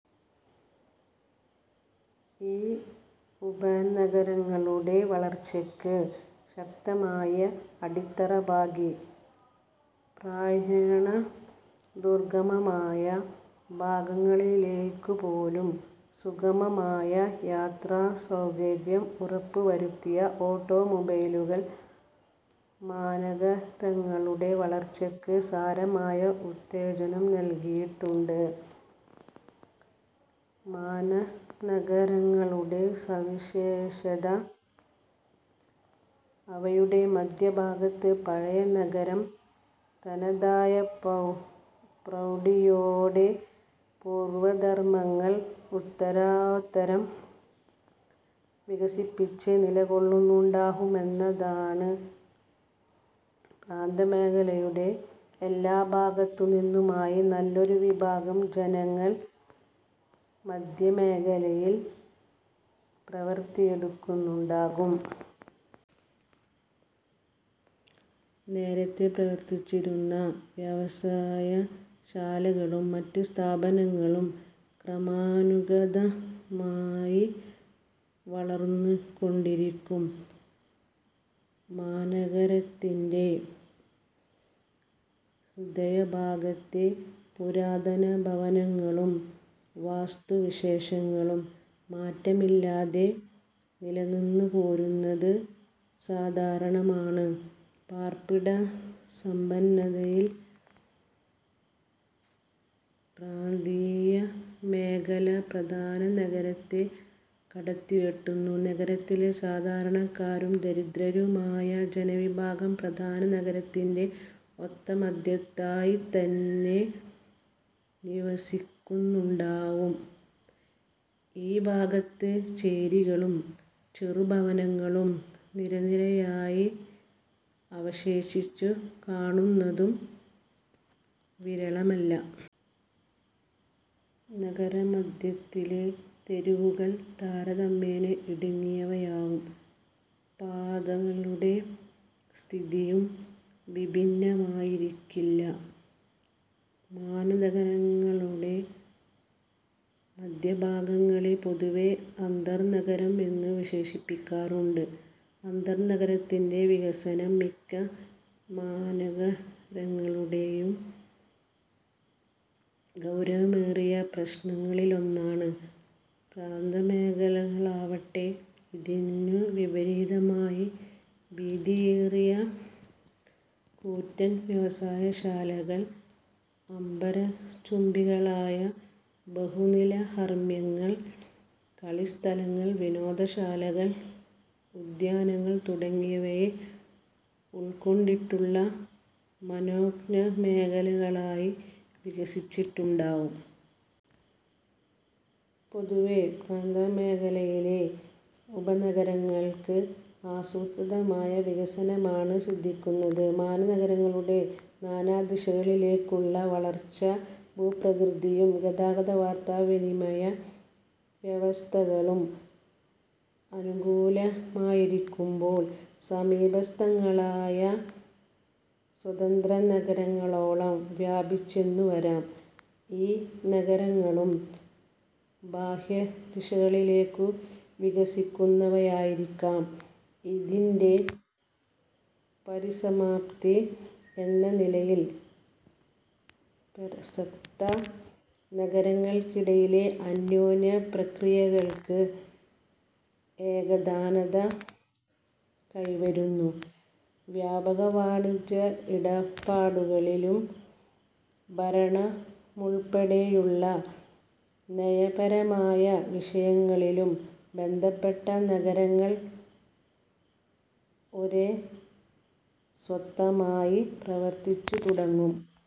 ഈ ഉപനഗരങ്ങളുടെ വളർച്ചയ്ക്ക് ശക്തമായ അടിത്തറ പാകി. പ്രായേണ ദുർഗമമായ ഭാഗങ്ങളിലേക്കുപോലും സുഗമമായ യാത്രാസൌകര്യം ഉറപ്പുവരുത്തിയ ഓട്ടോമൊബൈലുകൾ മാനഗരങ്ങളുടെ വളർച്ചയ്ക്ക് സാരമായ ഉത്തേജനം നല്കിയിട്ടുണ്ട്. മാനഗരങ്ങളുടെ സവിശേഷത അവയുടെ മധ്യഭാഗത്ത് പഴയ നഗരം തനതായ പ്രൗഢിയോടെ പൂർവധർമങ്ങൾ ഉത്തരോത്തരം വികസിപ്പിച്ച് നിലകൊള്ളുന്നുണ്ടാവുമെന്നതാണ്. പ്രാന്തമേഖലയുടെ എല്ലാ ഭാഗത്തുനിന്നുമായി നല്ലൊരു വിഭാഗം ജനങ്ങൾ മധ്യമേഖലയിൽ പ്രവൃത്തിയെടുക്കുന്നുണ്ടാകും. നേരത്തേ പ്രവർത്തിച്ചിരുന്ന വ്യവസായശാലകളും മറ്റു സ്ഥാപനങ്ങളും ക്രമാനുഗതമായി വളർന്നുകൊണ്ടിരിക്കും. മാനഗരത്തിന്റെ ഹൃദയഭാഗത്തെ പുരാതന ഭവനങ്ങളും വാസ്തുവിശേഷങ്ങളും മാറ്റമില്ലാതെ നിലനിന്നുപോരുന്നത് സാധാരണമാണ്. പാർപ്പിട സമ്പന്നതയിൽ പ്രാന്തീയമേഖല പ്രധാന നഗരത്തെ കടത്തിവെട്ടുന്നു. നഗരത്തിലെ സാധാരണക്കാരും ദരിദ്രരുമായ ജനവിഭാഗം പ്രധാന നഗരത്തിന്റെ ഒത്ത മധ്യത്തായിത്തന്നെ നിവസിക്കുന്നുണ്ടാവും. ഈ ഭാഗത്ത് ചേരികളും ചെറുഭവനങ്ങളും നിരനിരയായി അവശേഷിച്ചുകാണുന്നതും വിരളമല്ല. നഗരമധ്യത്തിലെ തെരുവുകൾ താരതമ്യേന ഇടുങ്ങിയവയാവും. പാതകളുടെ സ്ഥിതിയും വിഭിന്നമായിരിക്കില്ല. മാനഗരങ്ങളുടെ മധ്യഭാഗങ്ങളെ പൊതുവേ അന്തർനഗരം എന്നു വിശേഷിപ്പിക്കാറുണ്ട്. അന്തർനഗരത്തിന്റെ വികസനം മിക്ക മാനഗരങ്ങളുടെയും ഗൗരവമേറിയ പ്രശ്നങ്ങളിലൊന്നാണ്. പ്രാന്തമേഖലകളാവട്ടെ, ഇതിനു വിപരീതമായി വീതിയേറിയപാതകൾ, ആധുനിക നിലവാരത്തിലുള്ള ഭവനനിരകൾ, ശില്പചാരുതയേറിയ കൂറ്റൻ വ്യവസായശാലകൾ, അംബരചുംബികളായ ബഹുനിലഹർമ്മ്യങ്ങൾ, കളിസ്ഥലങ്ങൾ, വിനോദശാലകൾ, ഉദ്യാനങ്ങൾ തുടങ്ങിയവയെ ഉൾക്കൊണ്ടിട്ടുള്ള മനോജ്ഞമേഖലകളായി വികസിച്ചിട്ടുണ്ടാവും. പൊതുവേ, പ്രാന്തമേഖലയിലെ ഉപനഗരങ്ങൾക്ക് ആസൂത്രിതമായ വികസനമാണ് സിദ്ധിക്കുന്നത്. മാനഗരങ്ങളുടെ നാനാദിശകളിലേക്കുമുള്ള വളർച്ച, ഭൂപ്രകൃതിയും ഗതാഗത-വാർത്താവിനിമയ വ്യവസ്ഥകളും അനുകൂലമായിരിക്കുമ്പോൾ സമീപസ്ഥങ്ങളായ സ്വതന്ത്രനഗരങ്ങളോളം വ്യാപിച്ചെന്നു വരാം; ഈ നഗരങ്ങളും ബാഹ്യദിശകളിലേക്കു വികസിക്കുന്നവയായിരിക്കാം. ഇതിന്റെ പരിസമാപ്തി എന്ന നിലയിൽ പ്രസക്ത നഗരങ്ങൾക്കിടയിലെ അന്യോന്യപ്രക്രിയകൾക്ക് ഏകതാനത കൈവരുന്നു. വ്യാപാര വാണിജ്യ ഇടപാടുകളിലും ഭരണമുൾപ്പെടെയുള്ള നയപരമായ വിഷയങ്ങളിലും ബന്ധപ്പെട്ട നഗരങ്ങൾ ഒരേ സ്വത്തമായി പ്രവർത്തിച്ചുതുടങ്ങും.